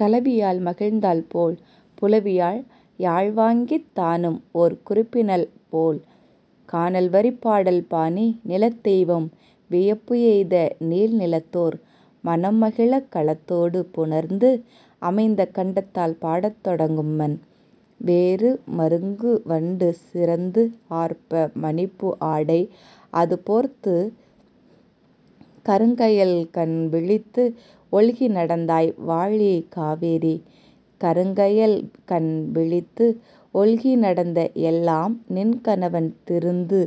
கலவியால் மகிழ்ந்தாள்போல் புலவியால் யாழ்வாங்கித் தானும்ஓர் குறிப்பினள்போல் கானல்வரிப் பாடல்பாணி நிலத்தெய்வம் வியப்புஎய்த நீள்நிலத்தோர் மனம்மகிழக் கலத்தொடு புணர்ந்துஅமைந்த கண்டத்தால் பாடத்தொடங்கும்மன். வேறு மருங்கு வண்டு சிறந்துஆர்ப்ப மணிப்பூ ஆடை அதுபோர்த்துக் கருங்க யல்கண் விழித்துஒல்கி நடந்தாய் வாழி காவேரி. கருங்க யல்கண் விழித்துஒல்கி நடந்த எல்லாம் நின்கணவன் திருந்து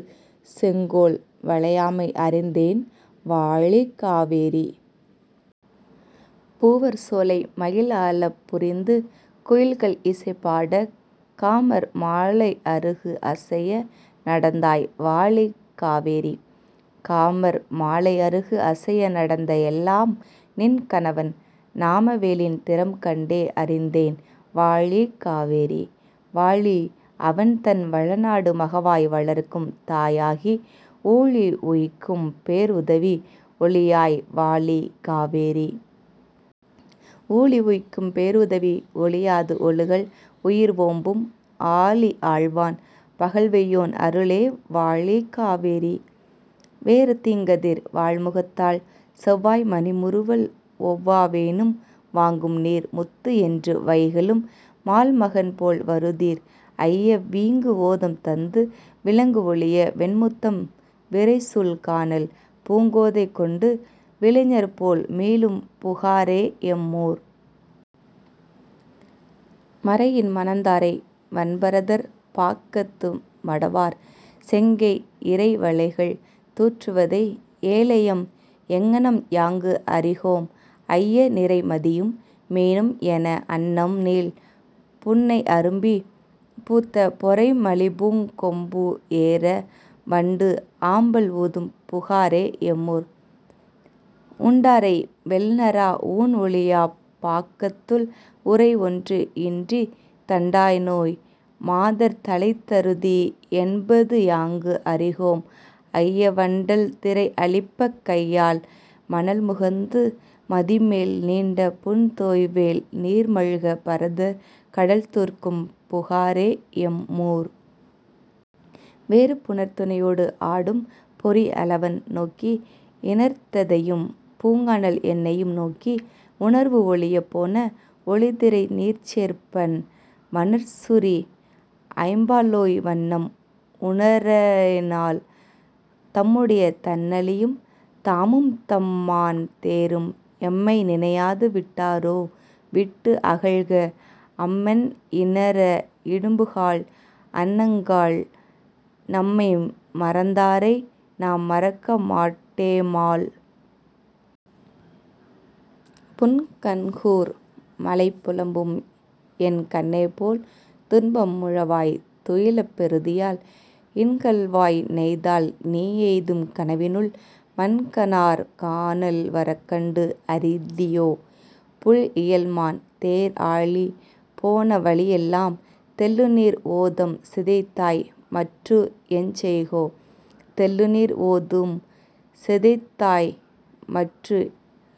செங்கோல் வளையாமை அறிந்தேன் வாழி காவேரி. பூவர் சோலை மயில்ஆலப் புரிந்து குயில்கள் இசைபாடக் காமர் மாலை அருகுஅசைய நடந்தாய் வாழி காவேரி. காமர் மாலை அருகுஅசைய நடந்த எல்லாம் நின்கணவன் நாம வேலின் திறம்கண்டே அறிந்தேன் வாழி காவேரி. வாழி அவன்தன் வளநாடு மகவாய் வளர்க்கும் தாய்ஆகி ஊழி உய்க்கும் பேர்உதவி ஒழியாய் வாழி காவேரி. ஊழி உய்க்கும் பேர்உதவி ஒழியாது ஒழுகல் உயிர்ஓம்பும் ஆழி ஆள்வான் பகல்வெய்யோன் அருளே வாழி காவேரி. வேறு தீங்கதிர் வாள்முகத்தாள் செவ்வாய் மணிமுறுவல் ஒவ்வா வேனும் வாங்கும்நீர் முத்துஎன்று வைகலும் மால்மகன்போல் வருதிர் ஐய வீங்குஓதம் தந்து விளங்குஒளிய வெண்முத்தம் விரைசூழ் கானல் பூங்கோதை கொண்டு விலைஞர்போல் மீளும் புகாரே எம்மூர். மறையின் மணந்தாரை வன்பரதர் பாக்கத்து மடவார் செங்கை இறைவளைகள் து஡ற்றுவதை ஏழையம் எங்ஙனம்யாங்கு அறிகோம் ஐய நிறைமதியும் மீனும் எனஅன்னம் நீள்புன்னை அரும்பிப் பூத்த பொறைமலிபூங் கொம்புஏற வண்டுஆம்பல் ஊதும் புகாரே எம்மூர். உண்டாரை வெல்நறா ஊண்ஓழியாப் பாக்கத்துள் உறைஒன்று இன்றித் தண்டாநோய் மாதர் தலைத்தருதி என்பதுயாங்கு அறிகோம் ஐய வண்டல் திரைஅழிப்பக் கையால் மணல்முகந்து மதிமேல் நீண்ட புண்தோய்வேல் நீர்மல்க பரதர் கடல்து஡ர்க்கும் புகாரே எம்மூர். வேறு புணர்த்துணையோடு ஆடும் பொறிஅலவன் நோக்கி இணர்த்ததையும் பூங்கானல் என்னையும் நோக்கி உணர்வுஒழியப் போன ஒலிதிரைநீர்ச் சேர்ப்பன் வணர்சுரி ஐம்பாலோய் வண்ணம் உணரேனால். தம்முடைய தண்ணளியும் தாமும்தம் மான்தேரும் எம்மை நினையாது விட்டாரோ விட்டுஅகல்க அம்மென் இணர அடும்புகாள் அன்னங்காள் நம்மை மறந்தாரை நாம்மறக்க மாட்டேமால். புன்கண்கூர் மாலைப் புலம்பும்என் கண்ணேபோல் துன்பம் உழவாய் துயிலப் பெறுதியால் இன்கள்வாய் நெய்தால்நீ எய்தும் கனவினுள் வன்கணார் கானல் வரக்கண்டு அறிதியோ? புள்இயல்மான் தேர்ஆழி போன வழிஎல்லாம் தெள்ளுநீர் ஓதம் சிதைத்தாய்மற்று எஞ்செய்கோ? தெள்ளுநீர் ஓதம் சிதைத்தாய்மற்று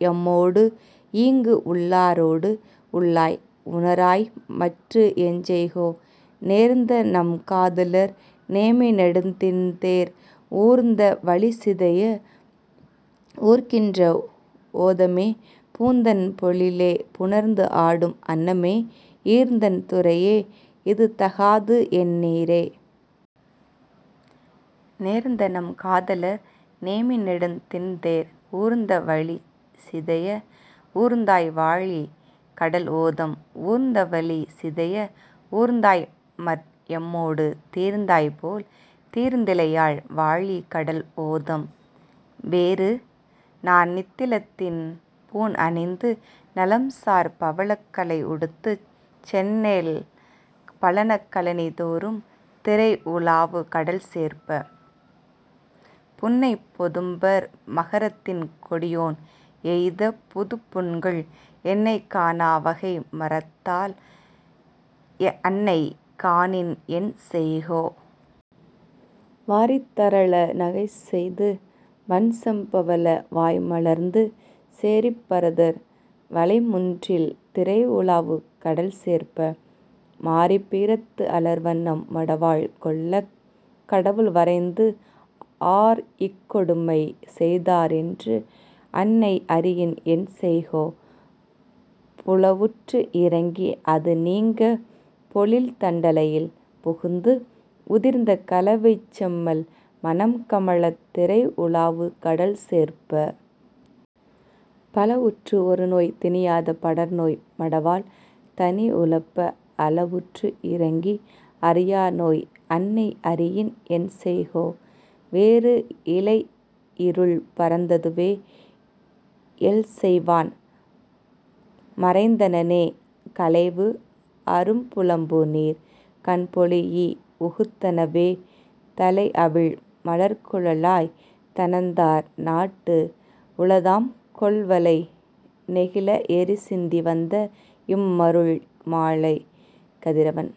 எம்மோடுஈங்கு உள்ளாரோடு உள்ளாய் உணராய்மற்று எஞ்செய்கோ? நேர்ந்தநம் காதலர் நேமிநெடுந் திண்தேர் ஊர்ந்த வழிசிதைய ஊர்க்கின்ற ஓதமே பூந்தண் பொழிலே புணர்ந்துஆடும் அன்னமே ஈர்ந்தண் துறையே இதுதகாது என்னீரே. நேர்ந்தநம் காதலர் நேமிநெடுந் திண்தேர் ஊர்ந்த வழிசிதைய ஊர்ந்தாய்வாழி கடல்ஓதம் ஊர்ந்த வழிசிதைய ஊர்ந்தாய்மற் எம்மொடு தீர்ந்தாய்போல் தீர்ந்திலையால் வாழி கடல்ஓதம். வேறு நன்நித் திலத்தின் பூண்அணிந்து நலம்சார் பவளக் கலைஉடுத்துச் செந்நெல் பழனக் கழனிதொறும் திரைஉ லாவு கடல்சேர்ப்ப. புன்னைப் பொதும்பர் மகரத்திண் கொடியோன் எய்த புதுப்புண்கள் என்னைக் காணா வகைமறத்தால் அன்னை காணின் என்செய்கோ? வாரித் தரள நகைசெய்து வண்செம் பவள வாய்மலர்ந்து சேரிப் பரதர் வலைமுன்றில் திரைஉ லாவு கடல்சேர்ப்ப. மாரிப் பீரத்து அலர்வண்ணம் மடவாள் கொள்ளக் கடவுள்வரைந்து ஆர்இக் கொடுமை செய்தார்என்று அன்னை அறியின் என்செய்கோ? புலவுற்று இரங்கி அதுநீங்கப் பொழில்தண் டலையில் புகுந்துஉதிர்ந்த கலவைச் செம்மல் மணம்கமழத் திரைஉ லாவு கடல்சேர்ப்ப. பலஉற்று ஒருநோய் திணியாத படர்நோய் மடவாள் தனிஉழப்ப அலவுற்று இரங்கி அறியாநோய் அன்னை அறியின் என்செய்கோ? வேறு இளைஇருள் பரந்ததுவே எல்செய்வான் மறைந்தனனே களைவுஅரும் புலம்புநீர் கண்பொழீஇ உகுத்தனவே தளைஅவிழ் மலர்க்குழலாய் தணந்தார்நாட்டு உளதாம்கொல் வளைநெகிழ எரிசிந்தி வந்தஇம் மருள்மாலை? கதிரவன்